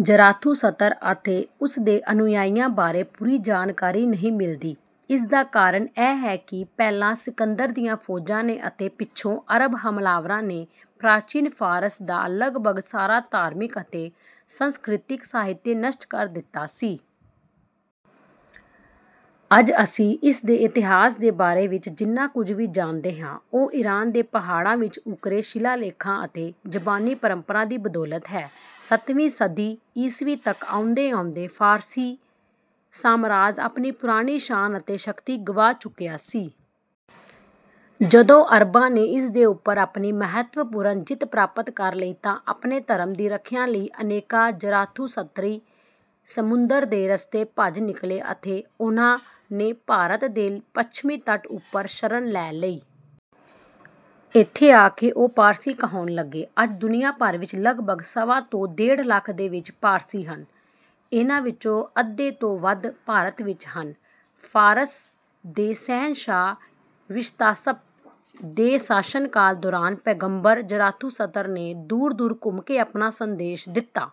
ਜ਼ਰਾਥੂਸਤਰ ਅਤੇ ਉਸਦੇ ਅਨੁਯਾਈਆਂ ਬਾਰੇ ਪੂਰੀ ਜਾਣਕਾਰੀ ਨਹੀਂ ਮਿਲਦੀ। ਇਸਦਾ ਕਾਰਨ ਇਹ ਹੈ ਕਿ ਪਹਿਲਾਂ ਸਿਕੰਦਰ ਦੀਆਂ ਫੌਜਾਂ ਨੇ ਅਤੇ ਪਿੱਛੋਂ ਅਰਬ ਹਮਲਾਵਰਾਂ ਨੇ ਪ੍ਰਾਚੀਨ ਫ਼ਾਰਸ ਦਾ ਲਗਭਗ ਸਾਰਾ ਧਾਰਮਿਕ ਅਤੇ ਸੰਸਕ੍ਰਿਤਿਕ ਸਾਹਿਤ ਨਸ਼ਟ ਕਰ ਦਿੱਤਾ ਸੀ। ਅੱਜ ਅਸੀਂ ਇਸਦੇ ਇਤਿਹਾਸ ਦੇ ਬਾਰੇ ਵਿੱਚ ਜਿੰਨਾ ਕੁਝ ਵੀ ਜਾਣਦੇ ਹਾਂ ਉਹ ਈਰਾਨ ਦੇ ਪਹਾੜਾਂ ਵਿੱਚ ਉੱਕਰੇ ਸ਼ਿਲਾਲੇਖਾਂ ਅਤੇ ਜ਼ਬਾਨੀ ਪਰੰਪਰਾ ਦੀ ਬਦੌਲਤ ਹੈ। ਸੱਤਵੀਂ ਸਦੀ ਈਸਵੀ ਤੱਕ ਆਉਂਦੇ ਆਉਂਦੇ ਫ਼ਾਰਸੀ ਸਾਮਰਾਜ ਆਪਣੀ ਪੁਰਾਣੀ ਸ਼ਾਨ ਅਤੇ ਸ਼ਕਤੀ ਗੁਆ ਚੁੱਕਿਆ ਸੀ। ਜਦੋਂ ਅਰਬਾਂ ਨੇ ਇਸਦੇ ਉੱਪਰ ਆਪਣੀ ਮਹੱਤਵਪੂਰਨ ਜਿੱਤ ਪ੍ਰਾਪਤ ਕਰ ਲਈ ਤਾਂ ਆਪਣੇ ਧਰਮ ਦੀ ਰੱਖਿਆ ਲਈ ਅਨੇਕਾਂ ਜ਼ਰਾਥੂਸਤਰੀ ਸਮੁੰਦਰ ਦੇ ਰਸਤੇ ਭੱਜ ਨਿਕਲੇ ਅਤੇ ਉਹਨਾਂ ਨੇ ਭਾਰਤ ਦੇ ਪੱਛਮੀ ਤੱਟ ਉੱਪਰ ਸ਼ਰਨ ਲੈ ਲਈ। ਇੱਥੇ ਆਕੇ ਉਹ ਪਾਰਸੀ ਕਹਾਉਣ ਲੱਗੇ। ਅੱਜ ਦੁਨੀਆਂ ਭਰ ਵਿੱਚ ਲਗਭਗ ਸਵਾ ਤੋਂ ਡੇਢ ਲੱਖ ਦੇ ਵਿੱਚ ਪਾਰਸੀ ਹਨ। ਇਹਨਾਂ ਵਿੱਚੋਂ ਅੱਧੇ ਤੋਂ ਵੱਧ ਭਾਰਤ ਵਿੱਚ ਹਨ। ਫ਼ਾਰਸ ਦੇ ਸ਼ਹਿਨਸ਼ਾਹ ਵਿਸ਼ਤਾਸਪ ਦੇ ਸ਼ਾਸਨਕਾਲ ਦੌਰਾਨ ਪੈਗੰਬਰ ਜ਼ਰਾਥੂਸਤਰ ਨੇ ਦੂਰ ਦੂਰ ਘੁੰਮ ਕੇ ਆਪਣਾ ਸੰਦੇਸ਼ ਦਿੱਤਾ।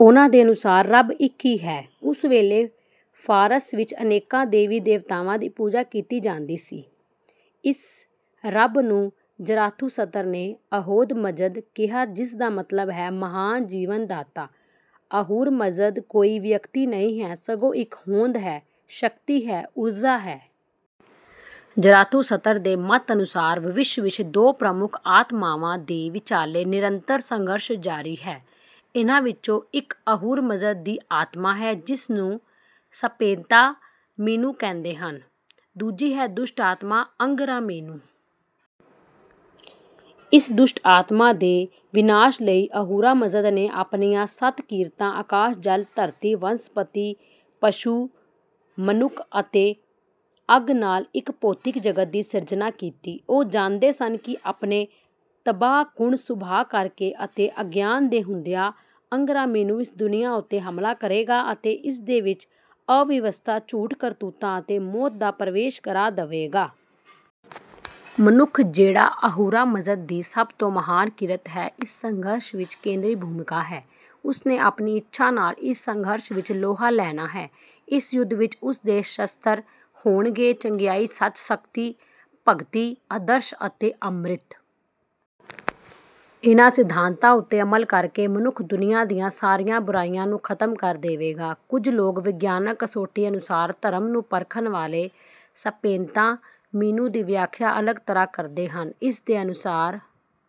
ਉਹਨਾਂ ਦੇ ਅਨੁਸਾਰ ਰੱਬ ਇੱਕ ਹੀ ਹੈ। ਉਸ ਵੇਲੇ ਫ਼ਾਰਸ ਵਿੱਚ ਅਨੇਕਾਂ ਦੇਵੀ ਦੇਵਤਾਵਾਂ ਦੀ ਪੂਜਾ ਕੀਤੀ ਜਾਂਦੀ ਸੀ। ਇਸ ਰੱਬ ਨੂੰ ਜ਼ਰਾਥੂਸਤਰ ਨੇ ਅਹੁਰ ਮਜ਼ਦ ਕਿਹਾ ਜਿਸਦਾ ਮਤਲਬ ਹੈ ਮਹਾਨ ਜੀਵਨਦਾਤਾ। ਅਹੁਰ ਮਜ਼ਦ ਕੋਈ ਵਿਅਕਤੀ ਨਹੀਂ ਹੈ ਸਗੋਂ ਇੱਕ ਹੋਂਦ ਹੈ ਸ਼ਕਤੀ ਹੈ ਊਰਜਾ ਹੈ। ਜ਼ਰਾਥੂਸਤਰ ਦੇ ਮਤ ਅਨੁਸਾਰ ਵਿਸ਼ਵ ਵਿੱਚ ਦੋ ਪ੍ਰਮੁੱਖ ਆਤਮਾਵਾਂ ਦੇ ਵਿਚਾਲੇ ਨਿਰੰਤਰ ਸੰਘਰਸ਼ ਜਾਰੀ ਹੈ। ਇਹਨਾਂ ਵਿੱਚੋਂ ਇੱਕ ਅਹੁਰ ਮਜ਼ਦ ਦੀ ਆਤਮਾ ਹੈ ਜਿਸਨੂੰ ਸਪੇਂਤਾ ਮੀਨੂ ਕਹਿੰਦੇ ਹਨ। ਦੂਜੀ ਹੈ ਦੁਸ਼ਟ ਆਤਮਾ ਅੰਘਰਾ ਮੀਨੂ। ਇਸ ਦੁਸ਼ਟ ਆਤਮਾ ਦੇ ਵਿਨਾਸ਼ ਲਈ ਅਹੁਰਾ ਮਜ਼ਦ ਨੇ ਆਪਣੀਆਂ ਸੱਤ ਕਿਰਤਾਂ ਆਕਾਸ਼ ਜਲ ਧਰਤੀ ਵਨਸਪਤੀ ਪਸ਼ੂ ਮਨੁੱਖ ਅਤੇ ਅੱਗ ਨਾਲ਼ ਇਸ ਭੌਤਿਕ ਜਗਤ ਦੀ ਸਿਰਜਣਾ ਕੀਤੀ। ਉਹ ਜਾਣਦੇ ਸਨ ਕਿ ਆਪਣੇ ਤਬਾਹਕੁੰਨ ਸੁਭਾਅ ਕਰਕੇ ਅਤੇ ਅਗਿਆਨ ਦੇ ਹੁੰਦਿਆਂ ਅੰਘਰਾ ਮੀਨੂ ਇਸ ਦੁਨੀਆਂ ਉੱਤੇ ਹਮਲਾ ਕਰੇਗਾ ਅਤੇ ਇਸਦੇ ਵਿੱਚ ਅਵਿਵਸਥਾ ਝੂਠ ਕਰੂਰਤਾ ਅਤੇ ਮੌਤ ਦਾ ਪ੍ਰਵੇਸ਼ ਕਰਾ ਦੇਵੇਗਾ। ਮਨੁੱਖ ਜਿਹੜਾ ਅਹੁਰਾ ਮਜ਼ਦ ਦੀ ਸਭ ਤੋਂ ਮਹਾਨ ਕਿਰਤ ਹੈ ਇਸ ਸੰਘਰਸ਼ ਵਿੱਚ ਕੇਂਦਰੀ ਭੂਮਿਕਾ ਹੈ। ਉਸਨੇ ਆਪਣੀ ਇੱਛਾ ਨਾਲ਼ ਇਸ ਸੰਘਰਸ਼ ਵਿੱਚ ਲੋਹਾ ਲੈਣਾ ਹੈ। ਇਸ ਯੁੱਧ ਵਿੱਚ ਉਸਦੇ ਸ਼ਸਤਰ ਹੋਣਗੇ ਚੰਗਿਆਈ ਸੱਚ ਸ਼ਕਤੀ ਭਗਤੀ ਆਦਰਸ਼ ਅਤੇ ਅਮ੍ਰਿਤ। ਇਹਨਾਂ ਸਿਧਾਂਤਾਂ ਉੱਤੇ ਅਮਲ ਕਰਕੇ ਮਨੁੱਖ ਦੁਨੀਆਂ ਦੀਆਂ ਸਾਰੀਆਂ ਬੁਰਾਈਆਂ ਨੂੰ ਖ਼ਤਮ ਕਰ ਦੇਵੇਗਾ। ਕੁਝ ਲੋਕ ਵਿਗਿਆਨਕ ਕਸੌਟੀ ਅਨੁਸਾਰ ਧਰਮ ਨੂੰ ਪਰਖਣ ਵਾਲੇ ਸਪੇਂਤਾ ਮੀਨੂ ਦੀ ਵਿਆਖਿਆ ਅਲੱਗ ਤਰ੍ਹਾਂ ਕਰਦੇ ਹਨ। ਇਸਦੇ ਅਨੁਸਾਰ